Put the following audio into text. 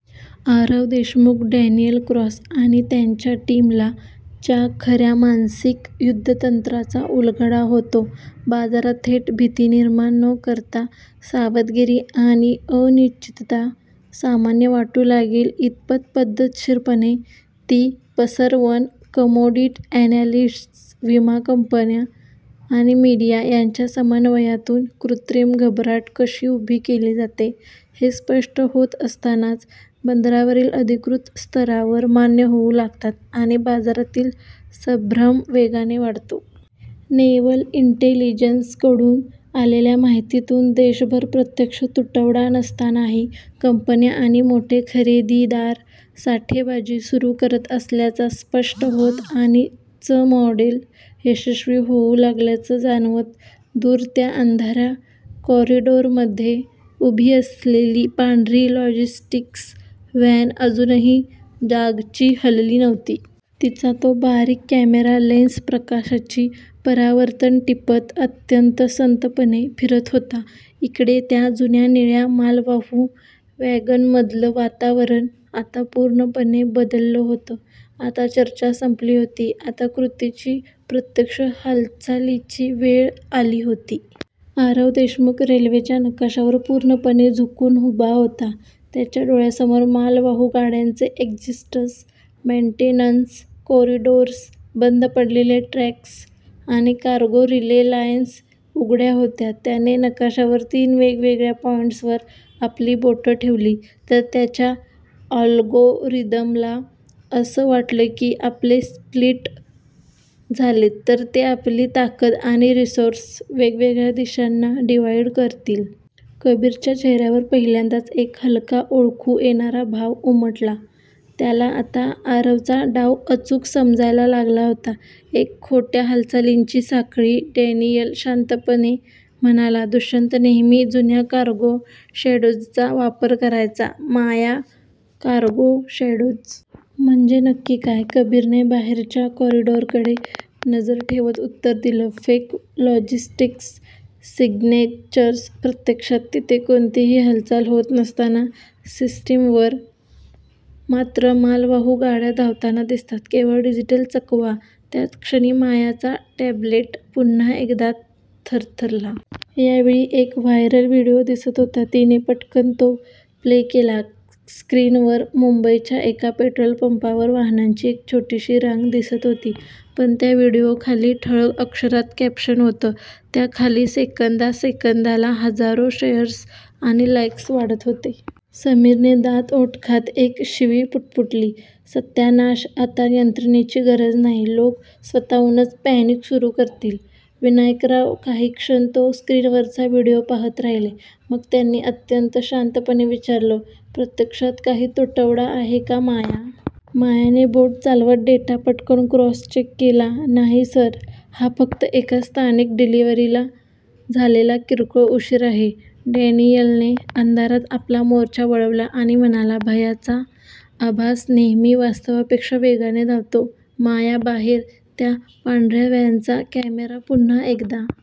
Aarav Deshmukh, Daniel Cross आणि त्यांच्या टीमला च्या खऱ्या मानसिक युद्धतंत्राचा उलगडा होतो. बाजारात थेट भीती निर्माण न करता, "सावधगिरी" आणि "अनिश्चितता" सामान्य वाटू लागेल इतपत पद्धतशीरपणे ती पसरवणं. कमोडिटी अॅनालिस्ट्स, विमा कंपन्या आणि मीडिया यांच्या समन्वयातून कृत्रिम घबराट कशी उभी केली जाते, हे स्पष्ट होत असतानाच बंदरांवरील अधिकृत स्तरावर मान्य होऊ लागतात आणि बाजारातील संभ्रम वेगाने वाढतो. नेव्हल इंटेलिजन्सकडून आलेल्या माहितीतून देशभर प्रत्यक्ष तुटवडा नसतानाही कंपन्या आणि मोठे खरेदीदार साठेबाजी सुरू करत असल्याचं स्पष्ट होतं, आणि चं मॉडेल यशस्वी होऊ लागल्याचं जाणवतं. दूर त्या अंधाऱ्या कॉरिडॉरमध्ये उभी असलेली पांढरी लॉजिस्टिक्स व्हॅन अजूनही जागची हलली नव्हती. तिचा तो बारीक कॅमेरा लेन्स प्रकाशाची परावर्तनं टिपत अत्यंत संथपणे फिरत होता. इकडे, त्या जुन्या निळ्या मालवाहू वॅगनमधलं वातावरण आता पूर्णपणे बदललं होतं. आता चर्चा संपली होती. आता कृतीची, प्रत्यक्ष हालचालीची वेळ आली होती. आरव देशमुख रेल्वेच्या नकाशावर पूर्णपणे झुकून उभा होता. त्याच्या डोळ्यांसमोर मालवाहू गाड्यांचे एक्झिट्स, मेन्टेनन्स कॉरिडॉर्स, बंद पडलेले ट्रॅक्स आणि कार्गो रिले लाईन्स उघड्या होत्या. त्याने नकाशावर तीन वेगवेगळ्या पॉइंट्सवर आपली बोटं ठेवली, "जर त्यांच्या अल्गोरिदमला असं वाटलं की आपले स्प्लिट झालेत तर ते आपली ताकद आणि रिसोर्सेस वेगवेगळ्या दिशांना डिव्हाईड करतील." कबीरच्या चेहऱ्यावर पहिल्यांदाच एक हलका, ओळखू येणारा भाव उमटला. त्याला आता आरवचा डाव अचूक समजायला लागला होता. "एक खोट्या हालचालींची साखळी." डॅनियल शांतपणे म्हणाला, "दुष्यंत नेहमी जुन्या कार्गो शॅडोजचा वापर करायचा. " माया,"कार्गो शॅडोज? म्हणजे नक्की काय? " कबीरने बाहेरच्या कॉरिडॉरकडे नजर ठेवत उत्तर दिलं, "फेक लॉजिस्टिक्स सिग्नेचर्स. प्रत्यक्षात तिथे कोणतीही हालचाल होत नसताना, सिस्टीमवर मात्र मालवाहू गाड्या धावताना दिसतात. केवळ डिजिटल चकवा! " त्याच क्षणी मायाचा टॅब्लेट पुन्हा एकदा थरथरला. यावेळी एक व्हायरल व्हिडिओ दिसत होता. तिने पटकन तो प्ले केला. स्क्रीनवर मुंबईच्या एका पेट्रोल पंपावर वाहनांची एक छोटीशी रांग दिसत होती. पण त्या व्हिडिओखाली ठळक अक्षरात कॅप्शन होतं. त्याखाली सेकंदासेकंदाला हजारो शेअर्स आणि लाईक्स वाढत होते. समीरने दात ओठ खात एक शिवी पुटपुटली, "सत्यानाश! आता यंत्रणेची गरजच नाही. लोक स्वतःहूनच पॅनिक सुरू करतील." विनायकराव काही क्षण तो स्क्रीनवरचा व्हिडिओ पाहत राहिले. मग त्यांनी अत्यंत शांतपणे विचारलं, "प्रत्यक्षात काही तुटवडा आहे का माया?" मायाने बोटं चालवत डेटा पटकन क्रॉस-चेक केला, "नाही सर. हा फक्त एका स्थानिक डिलिव्हरीला झालेला किरकोळ उशीर आहे." डॅनियलने अंधारात आपला मोर्चा वळवला आणि म्हणाला, "भयाचा आभास नेहमी वास्तवापेक्षा वेगाने धावतो माया." बाहेर, त्या पांढऱ्या व्हॅनचा कॅमेरा पुन्हा एकदा